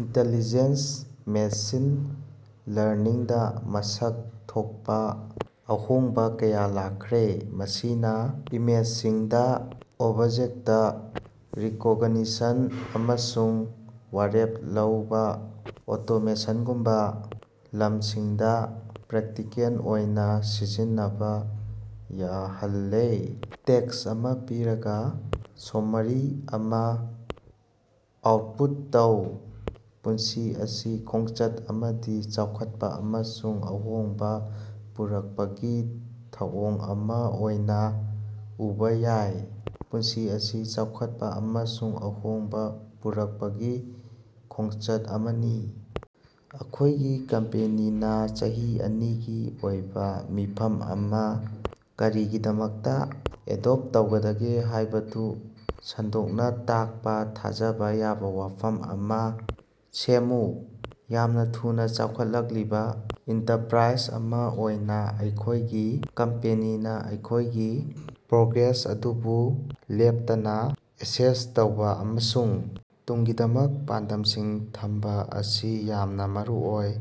Intelligence machine ꯂꯔꯅꯤꯡꯗ ꯃꯁꯛ ꯊꯣꯛꯄ ꯑꯍꯣꯡꯕ ꯀꯌꯥ ꯂꯥꯛꯈ꯭ꯔꯦ, ꯃꯁꯤꯅ ꯏꯃꯦꯖꯁꯤꯡꯗ ꯑꯣꯕꯖꯦꯛꯇꯥ ꯔꯤꯀꯣꯒꯅꯤꯁꯟ ꯑꯃꯁꯨꯡ ꯋꯥꯔꯦꯞ ꯂꯧꯕ ꯑꯣꯇꯣꯃꯦꯁꯟꯒꯨꯝꯕ ꯂꯝꯁꯤꯡꯗꯥ ꯄ꯭ꯔꯥꯛꯇꯤꯀꯦꯜ ꯑꯣꯏꯅ ꯁꯤꯖꯤꯟꯅꯕ ꯌꯥꯍꯜꯂꯦ꯫ ꯇꯦꯛꯁ ꯑꯃ ꯄꯤꯔꯒ, ꯁꯣꯃꯥꯔꯤ ꯑꯃ ꯑꯥꯎꯠꯄꯨꯠ ꯇꯧ꯫ ꯄꯨꯟꯁꯤ ꯑꯁꯤ ꯈꯣꯡꯆꯠ ꯑꯃꯗꯤ ꯆꯥꯎꯈꯠꯄ ꯑꯃꯁꯨꯡ ꯑꯍꯣꯡꯕ ꯄꯨꯔꯛꯄꯒꯤ ꯊꯧꯑꯣꯡ ꯑꯃ ꯑꯣꯏꯅ ꯎꯕ ꯌꯥꯏ꯫ ꯄꯨꯟꯁꯤ ꯑꯁꯤ ꯆꯥꯎꯈꯠꯄ ꯑꯃꯁꯨꯡ ꯑꯍꯣꯡꯕ ꯄꯨꯔꯛꯄꯒꯤ ꯈꯣꯡꯆꯠ ꯑꯃꯅꯤ꯫। ꯑꯩꯈꯣꯏꯒꯤ ꯀꯝꯄꯦꯅꯤꯅ ꯆꯍꯤ ꯑꯅꯤꯒꯤ ꯑꯣꯏꯕ ꯃꯤꯐꯝ ꯑꯃ ꯀꯔꯤꯒꯤꯗꯃꯛꯇꯥ ꯑꯦꯗꯣꯞ ꯇꯧꯒꯗꯒꯦ ꯍꯥꯏꯕꯗꯨ ꯁꯟꯗꯣꯛꯅ ꯇꯥꯛꯄ ꯊꯥꯖꯕꯥꯥ ꯌꯥꯕ ꯋꯐꯝ ꯑꯃ ꯁꯦꯝꯃꯨ꯫ ꯌꯥꯝꯅ ꯊꯨꯅ ꯆꯥꯎꯈꯠꯂꯛꯂꯤꯕ ꯏꯟꯇꯔꯄ꯭ꯔꯥꯏꯖ ꯑꯃ ꯑꯣꯏꯅ ꯑꯩꯈꯣꯏꯒꯤ ꯀꯝꯄꯦꯅꯤꯅ ꯑꯩꯈꯣꯏꯒꯤ ꯄ꯭ꯔꯣꯒ꯭ꯔꯦꯁ ꯑꯗꯨꯕꯨ ꯂꯦꯞꯇꯥꯅ ꯑꯦꯁꯦꯁ ꯇꯧꯕ ꯑꯃꯁꯨꯡ ꯇꯨꯡꯒꯤꯗꯃꯛ ꯄꯥꯟꯗꯝꯁꯤꯡ ꯊꯝꯕ ꯑꯁꯤ ꯌꯥꯝꯅ ꯃꯔꯨꯑꯣꯏ꯫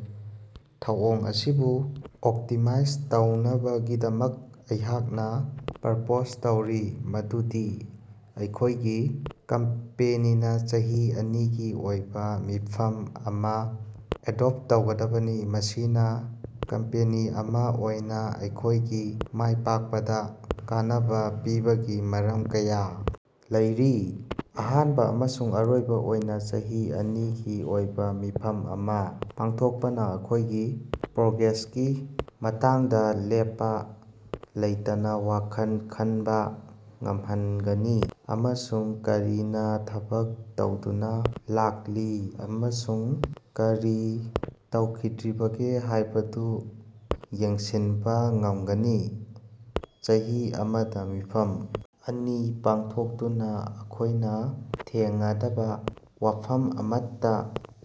ꯊꯧꯑꯣꯡ ꯑꯁꯤꯕꯨ ꯑꯣꯞꯇꯤꯃꯥꯏꯖ ꯇꯧꯅꯕꯒꯤꯗꯃꯛ ꯑꯩꯍꯥꯛꯅ ꯄ꯭ꯔꯄꯣꯖ ꯇꯧꯔꯤ ꯃꯗꯨꯗꯤ ꯑꯩꯈꯣꯏꯒꯤ ꯀꯝꯄꯦꯅꯤꯅ ꯆꯍꯤ ꯑꯅꯤꯒꯤ ꯑꯣꯏꯕ ꯃꯤꯐꯝ ꯑꯃ ꯑꯦꯗꯣꯞ ꯇꯧꯒꯗꯕꯅꯤ꯫ ꯃꯁꯤꯅ ꯀꯝꯄꯦꯅꯤ ꯑꯃ ꯑꯣꯏꯅ ꯑꯩꯈꯣꯏꯒꯤ ꯃꯥꯏꯄꯥꯛꯄꯗꯥ ꯀꯥꯟꯅꯕ ꯄꯤꯕꯒꯤ ꯃꯔꯝ ꯀꯌꯥ ꯂꯩꯔꯤ꯫ ꯑꯍꯥꯟꯕ ꯑꯃꯁꯨꯡ ꯑꯔꯣꯏꯕ ꯑꯣꯏꯅ, ꯆꯍꯤ ꯑꯅꯤꯒꯤ ꯑꯣꯏꯕ ꯃꯤꯐꯝ ꯑꯃ ꯄꯥꯡꯊꯣꯛꯄꯅꯥ ꯑꯩꯈꯣꯏꯒꯤ ꯄ꯭ꯔꯣꯒ꯭ꯔꯦꯁꯀꯤ ꯃꯇꯥꯡꯗ ꯂꯦꯞꯄ ꯂꯩꯇꯅ ꯋꯈꯜ ꯈꯟꯕ ꯉꯝꯍꯟꯒꯅꯤ ꯑꯃꯁꯨꯡ ꯀꯔꯤꯅꯥ ꯊꯕꯛ ꯇꯧꯗꯨꯅ ꯂꯥꯛꯂꯤ ꯑꯃꯁꯨꯡ ꯀꯔꯤ ꯇꯧꯈꯤꯗ꯭ꯔꯤꯕꯒꯦ ꯍꯥꯏꯕꯗꯨ ꯌꯦꯡꯁꯤꯟꯕ ꯉꯝꯒꯅꯤ꯫ ꯆꯍꯤ ꯑꯃꯗ ꯃꯤꯐꯝ ꯑꯅꯤ ꯄꯥꯡꯊꯣꯛꯇꯨꯅ ꯑꯈꯣꯏꯅ ꯊꯦꯡꯉꯗꯕ ꯋꯐꯝ ꯑꯃꯠꯇꯥ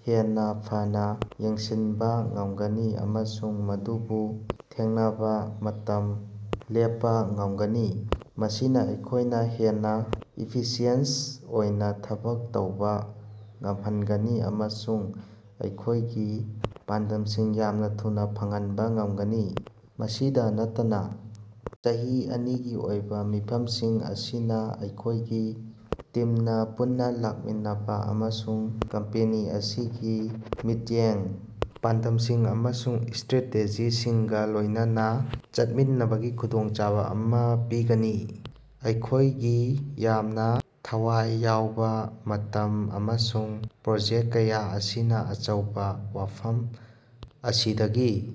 ꯍꯦꯟꯅ ꯐꯅꯥ ꯌꯦꯡꯁꯤꯟꯕ ꯉꯝꯒꯅꯤ ꯑꯃꯁꯨꯡ ꯃꯗꯨꯕꯨ ꯊꯦꯡꯅꯕ ꯃꯇꯝ ꯂꯦꯞꯄꯥ ꯉꯝꯒꯅꯤ꯫ ꯃꯁꯤꯅ ꯑꯩꯈꯣꯏꯅ ꯍꯦꯟꯅ ꯏꯐꯤꯁꯤꯌꯦꯟꯇ ꯑꯣꯏꯅ ꯊꯕꯛ ꯇꯧꯕ ꯉꯝꯍꯟꯒꯅꯤ ꯑꯃꯁꯨꯡ ꯑꯩꯈꯣꯏꯒꯤ ꯄꯥꯟꯗꯝꯁꯤꯡ ꯌꯥꯝꯅ ꯊꯨꯅ ꯐꯪꯍꯟꯕ ꯉꯝꯒꯅꯤ꯫ ꯃꯁꯤꯗ ꯅꯠꯇꯅꯥ ꯆꯍꯤ ꯑꯅꯤꯒꯤ ꯑꯣꯏꯕ ꯃꯤꯐꯝꯁꯤꯡ ꯑꯁꯤꯅ ꯑꯩꯈꯣꯏꯒꯤ ꯇꯤꯝꯅ ꯄꯨꯟꯅ ꯂꯥꯛꯃꯤꯟꯅꯕ ꯑꯃꯁꯨꯡ ꯀꯝꯄꯦꯅꯤ ꯑꯁꯤꯒꯤ ꯃꯤꯠꯌꯦꯡ, ꯄꯥꯟꯗꯝꯁꯤꯡ ꯑꯃꯁꯨꯡ ꯏꯁꯇ꯭ꯔꯦꯇꯦꯖꯤꯁꯤꯡꯒꯥ ꯂꯣꯏꯅꯥꯅ ꯆꯠꯃꯤꯟꯅꯕꯒꯤ ꯈꯨꯗꯣꯡꯆꯥꯕ ꯑꯃ ꯄꯤꯒꯅꯤ꯫ ꯑꯩꯈꯣꯏꯒꯤ ꯌꯥꯝꯅ ꯊꯋꯥꯏ ꯌꯥꯎꯕ ꯃꯇꯝ ꯑꯃꯁꯨꯡ ꯄ꯭ꯔꯣꯖꯦꯛ ꯀꯌꯥ ꯑꯁꯤꯅ ꯑꯆꯧꯕ ꯋꯥꯐꯝ ꯑꯁꯤꯗꯒꯤ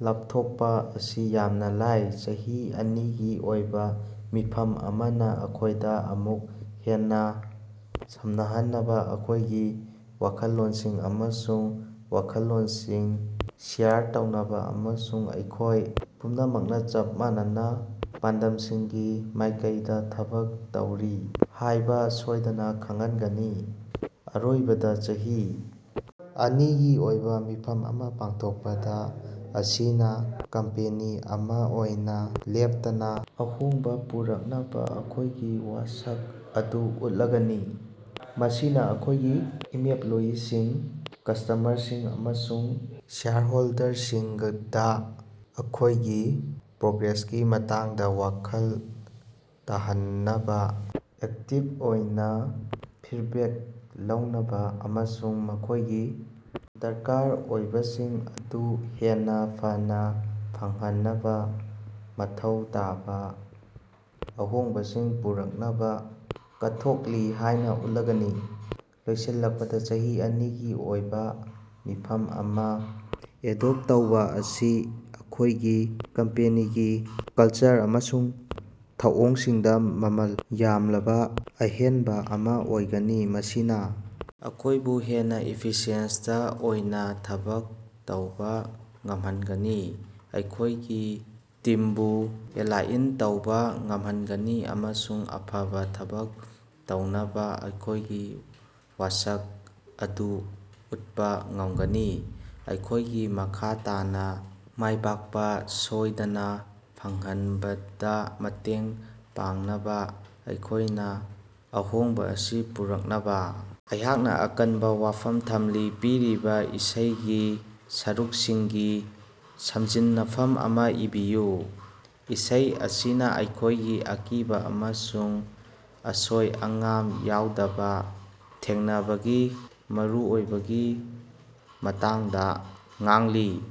ꯂꯥꯞꯊꯣꯛꯄ ꯑꯁꯤ ꯌꯥꯝꯅ ꯂꯥꯏ꯫ ꯆꯍꯤ ꯑꯅꯤꯒꯤ ꯑꯣꯏꯕ ꯃꯤꯐꯝ ꯑꯃꯅ ꯑꯩꯈꯣꯏꯗ ꯑꯃꯨꯛ ꯍꯟꯅꯥ ꯁꯝꯅꯍꯟꯅꯕ, ꯑꯩꯈꯣꯏꯒꯤ ꯋꯥꯈꯜꯂꯣꯟꯁꯤꯡ ꯑꯃꯁꯨꯡ ꯋꯥꯈꯜꯂꯣꯟꯁꯤꯡ ꯁꯤꯌꯔ ꯇꯧꯅꯕ, ꯑꯃꯁꯨꯡ ꯑꯩꯈꯣꯏ ꯄꯨꯝꯅꯃꯛꯅ ꯆꯞ ꯃꯥꯟꯅꯕ ꯄꯥꯟꯗꯝꯁꯤꯡꯒꯤ ꯃꯥꯏꯀꯩꯗ ꯊꯕꯛ ꯇꯧꯔꯤ ꯍꯥꯏꯕ ꯁꯣꯏꯗꯅ ꯈꯪꯍꯟꯒꯅꯤ꯫ ꯑꯔꯣꯏꯕꯗ, ꯆꯍꯤ ꯑꯅꯤꯒꯤ ꯑꯣꯏꯕ ꯃꯤꯐꯝ ꯑꯃ ꯄꯥꯡꯊꯣꯛꯄꯥ ꯑꯁꯤꯅ ꯀꯝꯄꯦꯅꯤ ꯑꯃ ꯑꯣꯏꯅ ꯂꯦꯞꯇꯅꯥ ꯑꯍꯣꯡꯕ ꯄꯨꯔꯛꯅꯕ ꯑꯩꯈꯣꯏꯒꯤ ꯋꯥꯁꯛ ꯑꯗꯨ ꯎꯠꯂꯒꯅꯤ꯫ ꯃꯁꯤꯅ ꯑꯩꯈꯣꯏꯒꯤ ꯏꯃꯞꯂꯣꯌꯤꯁꯤꯡ, ꯀꯁꯇꯥꯃꯔꯁꯤꯡ, ꯑꯃꯁꯨꯡ ꯁ꯭ꯇꯦꯛꯍꯣꯜꯗꯔꯁꯤꯡꯗ ꯑꯩꯈꯣꯏꯒꯤ ꯄ꯭ꯔꯣꯒ꯭ꯔꯦꯁꯀꯤ ꯃꯇꯥꯡꯗ ꯋꯥꯈꯜ ꯇꯥꯍꯟꯅꯕ, ꯑꯦꯛꯇꯤꯚ ꯑꯣꯏꯅ ꯐꯤꯗꯕꯦꯛ ꯂꯧꯅꯕ, ꯑꯃꯁꯨꯡ ꯃꯈꯣꯏꯒꯤ ꯗꯔꯀꯥꯔ ꯑꯣꯏꯕꯁꯤꯡ ꯑꯗꯨ ꯍꯦꯟꯅ ꯐꯅꯥ ꯐꯪꯍꯟꯅꯕ ꯃꯊꯧ ꯇꯥꯕ ꯑꯍꯣꯡꯕꯁꯤꯡ ꯄꯨꯔꯛꯅꯕꯥ ꯀꯠꯊꯣꯛꯂꯤ ꯍꯥꯏꯕ ꯎꯠꯂꯒꯅꯤ꯫ ꯂꯣꯏꯁꯤꯜꯂꯛꯄꯗ, ꯆꯍꯤ ꯑꯅꯤꯒꯤ ꯑꯣꯏꯕ ꯃꯤꯐꯝ ꯑꯃ ꯑꯦꯗꯣꯞ ꯇꯧꯕ ꯑꯁꯤ ꯑꯩꯈꯣꯏꯒꯤ ꯀꯝꯄꯦꯅꯤꯒꯤ ꯀꯜꯆꯔ ꯑꯃꯁꯨꯡ ꯊꯧꯑꯣꯡꯁꯤꯡꯗ ꯃꯃꯜ ꯌꯥꯝꯂꯕ ꯑꯍꯦꯟꯕ ꯑꯃ ꯑꯣꯏꯒꯅꯤ꯫ ꯃꯁꯤꯅ ꯑꯩꯈꯣꯏꯕꯨ ꯍꯦꯟꯅ ꯏꯐꯤꯁꯤꯌꯦꯟꯇ ꯑꯣꯏꯅ ꯊꯕꯛ ꯇꯧꯕ ꯉꯝꯍꯟꯒꯅꯤ, ꯑꯩꯈꯣꯏꯒꯤ ꯇꯤꯝꯕꯨ ꯑꯦꯂꯥꯏꯟ ꯇꯧꯕ ꯉꯝꯍꯟꯒꯅꯤ ꯑꯃꯁꯨꯡ ꯑꯐꯕ ꯊꯕꯛ ꯇꯧꯅꯕ ꯑꯩꯈꯣꯏꯒꯤ ꯋꯥꯁꯛ ꯑꯗꯨ ꯎꯠꯄꯥ ꯉꯝꯒꯅꯤ꯫ ꯑꯩꯈꯣꯏꯒꯤ ꯃꯈꯥ ꯇꯥꯅ ꯃꯥꯏꯄꯥꯛꯄ ꯁꯣꯏꯗꯅ ꯐꯪꯍꯟꯕꯗ ꯃꯇꯦꯡ ꯄꯥꯡꯅꯕ ꯑꯩꯈꯣꯏꯅ ꯑꯍꯣꯡꯕ ꯑꯁꯤ ꯄꯨꯔꯛꯅꯕ ꯑꯩꯍꯥꯛꯅ ꯑꯀꯟꯕ ꯋꯥꯐꯝ ꯊꯝꯂꯤ꯫ ꯄꯤꯔꯤꯕ ꯏꯁꯩꯒꯤ ꯁꯔꯨꯛꯁꯤꯡꯒꯤ ꯁꯝꯖꯤꯟꯅꯐꯝ ꯑꯃ ꯏꯕꯤꯌꯨ꯫ ꯏꯁꯩ ꯑꯁꯤꯅ ꯑꯩꯈꯣꯏꯒꯤ ꯑꯀꯤꯕ ꯑꯃꯁꯨꯡ ꯑꯁꯣꯏ-ꯑꯉꯥꯝ ꯌꯥꯎꯗꯕꯥ ꯊꯦꯡꯅꯕꯒꯤ ꯃꯔꯨꯑꯣꯏꯕꯒꯤ ꯃꯇꯥꯡꯗ ꯉꯥꯡꯂꯤ꯫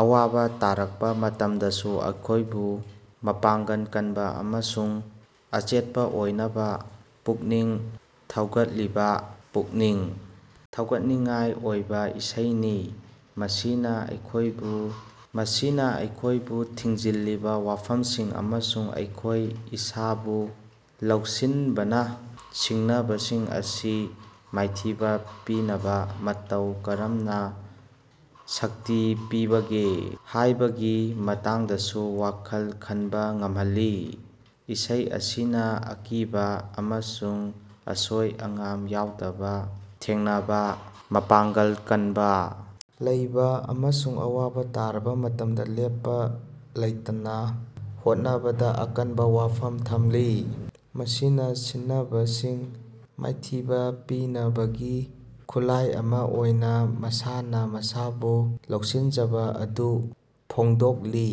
ꯑꯋꯥꯕ ꯇꯥꯔꯛꯄ ꯃꯇꯝꯗꯁꯨ ꯑꯩꯈꯣꯏꯕꯨ ꯃꯄꯥꯡꯒꯜ ꯀꯟꯕ ꯑꯃꯁꯨꯡ ꯑꯆꯦꯠꯄꯥ ꯑꯣꯏꯅꯕ ꯄꯨꯛꯅꯤꯡ ꯊꯧꯒꯠꯂꯤꯕ ꯄꯨꯛꯅꯤꯡ ꯊꯧꯒꯠꯅꯤꯡꯉꯥꯏ ꯑꯣꯏꯕ ꯏꯁꯩꯅꯤ꯫ ꯃꯁꯤꯅꯥ ꯑꯩꯈꯣꯏꯕꯨ ꯃꯤ ꯊꯤꯡꯖꯤꯜꯂꯤꯕꯥ ꯋꯥꯐꯃꯁꯤꯡ ꯑꯃꯁꯨꯡ ꯑꯩꯈꯣꯏ ꯏꯁꯥꯕꯨ ꯂꯧꯁꯤꯟꯕꯅ ꯁꯤꯡꯅꯕꯁꯤꯡ ꯑꯁꯤ ꯃꯥꯏꯊꯤꯕ ꯄꯤꯅꯕ ꯃꯇꯧ ꯀꯔꯝꯅ ꯁꯛꯇꯤ ꯄꯤꯕꯒꯦ ꯍꯥꯏꯕꯒꯤ ꯃꯇꯥꯡꯗꯁꯨ ꯋꯥꯈꯜ ꯈꯟꯕ ꯉꯝꯍꯜꯂꯤ꯫ ꯏꯁꯩ ꯑꯁꯤꯅ ꯑꯀꯤꯕ ꯑꯃꯁꯨꯡ ꯑꯁꯣꯏ-ꯑꯉꯥꯝ ꯌꯥꯎꯗꯕ ꯊꯦꯡꯅꯕ, ꯃꯄꯥꯡꯒꯜ ꯀꯟꯅ ꯂꯩꯕ ꯑꯃꯁꯨꯡ ꯑꯋꯥꯕ ꯇꯥꯔꯕ ꯃꯇꯝꯗ ꯂꯦꯞꯄ ꯂꯩꯇꯅ ꯍꯣꯠꯅꯕꯗ ꯑꯀꯟꯕ ꯋꯥꯐꯝ ꯊꯝꯂꯤ꯫ ꯃꯁꯤꯅ ꯁꯤꯡꯅꯕꯁꯤꯡ ꯃꯥꯏꯊꯤꯕ ꯄꯤꯅꯕꯒꯤ ꯈꯨꯠꯂꯥꯏ ꯑꯃ ꯑꯣꯏꯅ ꯃꯁꯥꯅ ꯃꯁꯥꯕꯨ ꯂꯧꯁꯤꯟꯖꯕ ꯑꯗꯨ ꯐꯣꯡꯗꯣꯛꯂꯤ꯫